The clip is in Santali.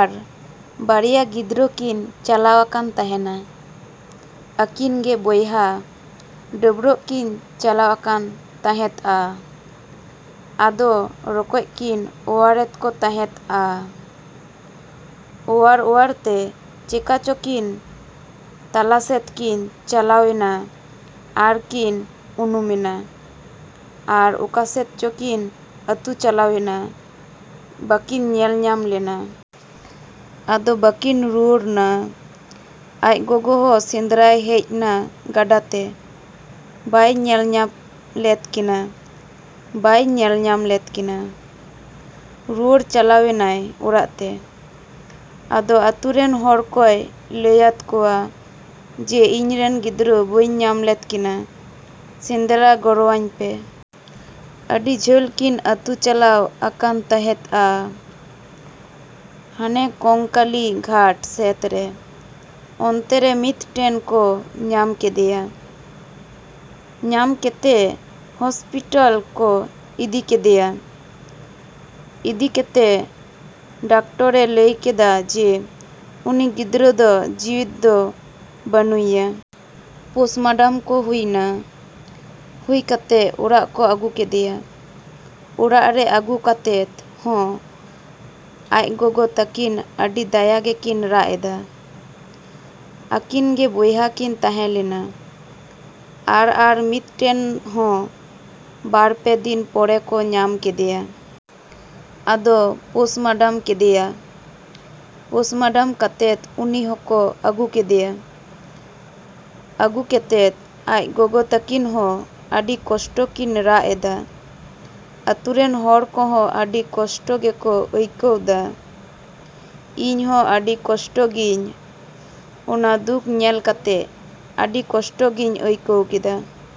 ᱟᱨ ᱵᱟᱨᱭᱟ ᱜᱤᱫᱽᱨᱟᱹᱠᱤᱱ ᱪᱟᱞᱟᱣ ᱟᱠᱟᱱ ᱛᱟᱸᱦᱮᱱᱟ᱾ ᱟᱹᱠᱤᱱ ᱜᱮ ᱵᱚᱭᱦᱟ ᱰᱟᱹᱵᱨᱟᱹᱜ ᱠᱤᱱ ᱪᱟᱞᱟᱣ ᱟᱠᱟᱱ ᱛᱟᱸᱦᱮᱫ ᱟ᱾ ᱟᱫᱚ ᱨᱚᱠᱚᱡ ᱠᱤᱱ ᱚᱣᱟᱨᱮᱫ ᱠᱚ ᱛᱟᱦᱮᱸᱫ ᱟ᱾ ᱚᱣᱟᱨᱼᱚᱣᱟᱨᱛᱮ ᱪᱮᱠᱟ ᱪᱚᱠᱤᱱ ᱛᱟᱞᱟᱥᱮᱫ ᱠᱤᱱ ᱪᱟᱞᱟᱣᱱᱟ ᱟᱨᱠᱤᱱ ᱩᱱᱩᱢᱮᱱᱟ᱾ ᱟᱨ ᱚᱠᱟᱥᱮᱫ ᱪᱚᱠᱤᱱ ᱟᱹᱛᱩ ᱪᱟᱞᱟᱣᱮᱱᱟ, ᱵᱟᱹᱠᱤᱱ ᱧᱮᱞᱧᱟᱢ ᱞᱮᱱᱟ᱾ ᱟᱫᱚ ᱵᱟᱹᱠᱤᱱ ᱨᱩᱣᱟᱹᱲ ᱱᱟ᱾ ᱟᱡ ᱜᱚᱜᱚ ᱦᱚᱸ ᱥᱮᱸᱫᱽᱨᱟᱭ ᱦᱮᱡ ᱱᱟ ᱜᱟᱰᱟ ᱛᱮ᱾ ᱵᱟᱭ ᱧᱮᱞ ᱧᱟᱢ ᱞᱮᱫ ᱠᱤᱱᱟ, ᱵᱟᱭ ᱧᱮᱞ ᱧᱟᱢ ᱞᱮᱫ ᱠᱤᱱᱟ᱾ ᱨᱩᱣᱟᱹᱲ ᱪᱟᱞᱟᱣᱮᱱᱟᱭ ᱚᱲᱟᱜ ᱛᱮ᱾ ᱟᱫᱚ ᱟᱹᱛᱩᱨᱮᱱ ᱦᱚᱲ ᱠᱚᱭ ᱞᱟᱹᱭ ᱟᱫ ᱠᱚᱣᱟ ᱡᱮ ᱤᱧᱨᱮᱱ ᱜᱤᱫᱽᱨᱟᱹ ᱵᱟᱹᱧ ᱧᱟᱢᱮᱫ ᱠᱤᱱᱟ, ᱥᱮᱸᱫᱽᱨᱟ ᱜᱚᱲᱚᱣᱟᱹᱧ ᱯᱮ᱾ ᱟᱹᱰᱤ ᱡᱷᱟᱹᱞ ᱠᱤᱱ ᱟᱹᱛᱩ ᱪᱟᱞᱟᱣ ᱟᱠᱟᱱ ᱛᱟᱦᱮᱸᱫ ᱟ᱾ ᱦᱟᱱᱮ ᱠᱚᱝᱠᱟᱹᱞᱤ ᱜᱷᱟᱴ ᱥᱮᱫ ᱨᱮ ᱚᱱᱛᱮᱨᱮ ᱢᱤᱫᱴᱮᱱ ᱠᱚ ᱧᱟᱢ ᱠᱮᱫᱮᱭᱟ᱾ ᱧᱟᱢ ᱠᱮᱛᱮᱜ ᱦᱚᱥᱯᱤᱴᱟᱞ ᱠᱚ ᱤᱫᱤ ᱠᱮᱫᱮᱭᱟ᱾ ᱤᱫᱤ ᱠᱮᱛᱮᱜ ᱰᱟᱠᱴᱚᱨᱮ ᱞᱟᱹᱭ ᱠᱮᱫᱟ ᱡᱮ ᱩᱱᱤ ᱜᱤᱫᱽᱨᱟᱹ ᱫᱚ ᱡᱤᱣᱟᱹᱫ ᱫᱚ ᱵᱟᱹᱱᱩᱭᱟ᱾ ᱯᱚᱥᱢᱟᱰᱟᱢ ᱠᱚ ᱦᱩᱭ ᱱᱟ᱾ ᱦᱩᱭ ᱠᱟᱛᱮᱜ ᱚᱲᱟᱜ ᱠᱚ ᱟᱹᱜᱩ ᱠᱮᱫᱮᱭᱟ᱾ ᱚᱲᱟᱜ ᱨᱮ ᱟᱹᱜᱩ ᱠᱟᱛᱮᱫ ᱦᱚᱸ ᱟᱡ ᱜᱚᱜᱚ ᱛᱟᱹᱠᱤᱱ ᱟᱹᱰᱤ ᱫᱟᱭᱟ ᱜᱮᱠᱤᱱ ᱨᱟᱜ ᱮᱫᱟ᱾ ᱟᱹᱠᱤᱱ ᱜᱮ ᱵᱚᱭᱦᱟ ᱠᱤᱱ ᱛᱟᱦᱮᱸ ᱞᱮᱱᱟ᱾ ᱟᱨ ᱟᱨ ᱢᱤᱫᱴᱮᱱ ᱦᱚᱸ ᱵᱟᱨ ᱯᱮ ᱫᱤᱱ ᱯᱚᱨᱮ ᱠᱚ ᱧᱟᱢ ᱠᱮᱫᱮᱭᱟ᱾ ᱟᱫᱚ ᱯᱚᱥᱢᱟᱰᱟᱢ ᱠᱮᱫᱮᱭᱟ᱾ ᱯᱚᱥᱢᱟᱰᱟᱢ ᱠᱟᱛᱮᱫ ᱩᱱᱤ ᱦᱚᱠᱚ ᱟᱹᱜᱩ ᱠᱮᱫᱮᱭᱟ᱾ ᱟᱹᱜᱩ ᱠᱮᱛᱮᱫ ᱟᱡ ᱜᱚᱜᱚ ᱛᱟᱹᱠᱤᱱ ᱦᱚᱸ ᱟᱹᱰᱤ ᱠᱚᱥᱴᱚ ᱠᱤᱱ ᱨᱟᱜ ᱮᱫᱟ᱾ ᱟᱹᱛᱩᱨᱮᱱ ᱦᱚᱲ ᱠᱚ ᱦᱚᱸ ᱟᱹᱰᱤ ᱠᱚᱥᱴᱚ ᱜᱮᱠᱚ ᱟᱹᱭᱠᱟᱹᱣ ᱫᱟ᱾ ᱤᱧ ᱦᱚᱸ ᱟᱹᱰᱤ ᱠᱚᱥᱴᱚ ᱜᱤᱧ ᱚᱱᱟ ᱫᱩᱠ ᱧᱮᱞ ᱠᱟᱛᱮᱜ ᱟᱹᱰᱤ ᱠᱚᱥᱴᱚ ᱜᱤᱧ ᱟᱹᱭᱠᱟᱹᱣ ᱠᱮᱫᱟ᱾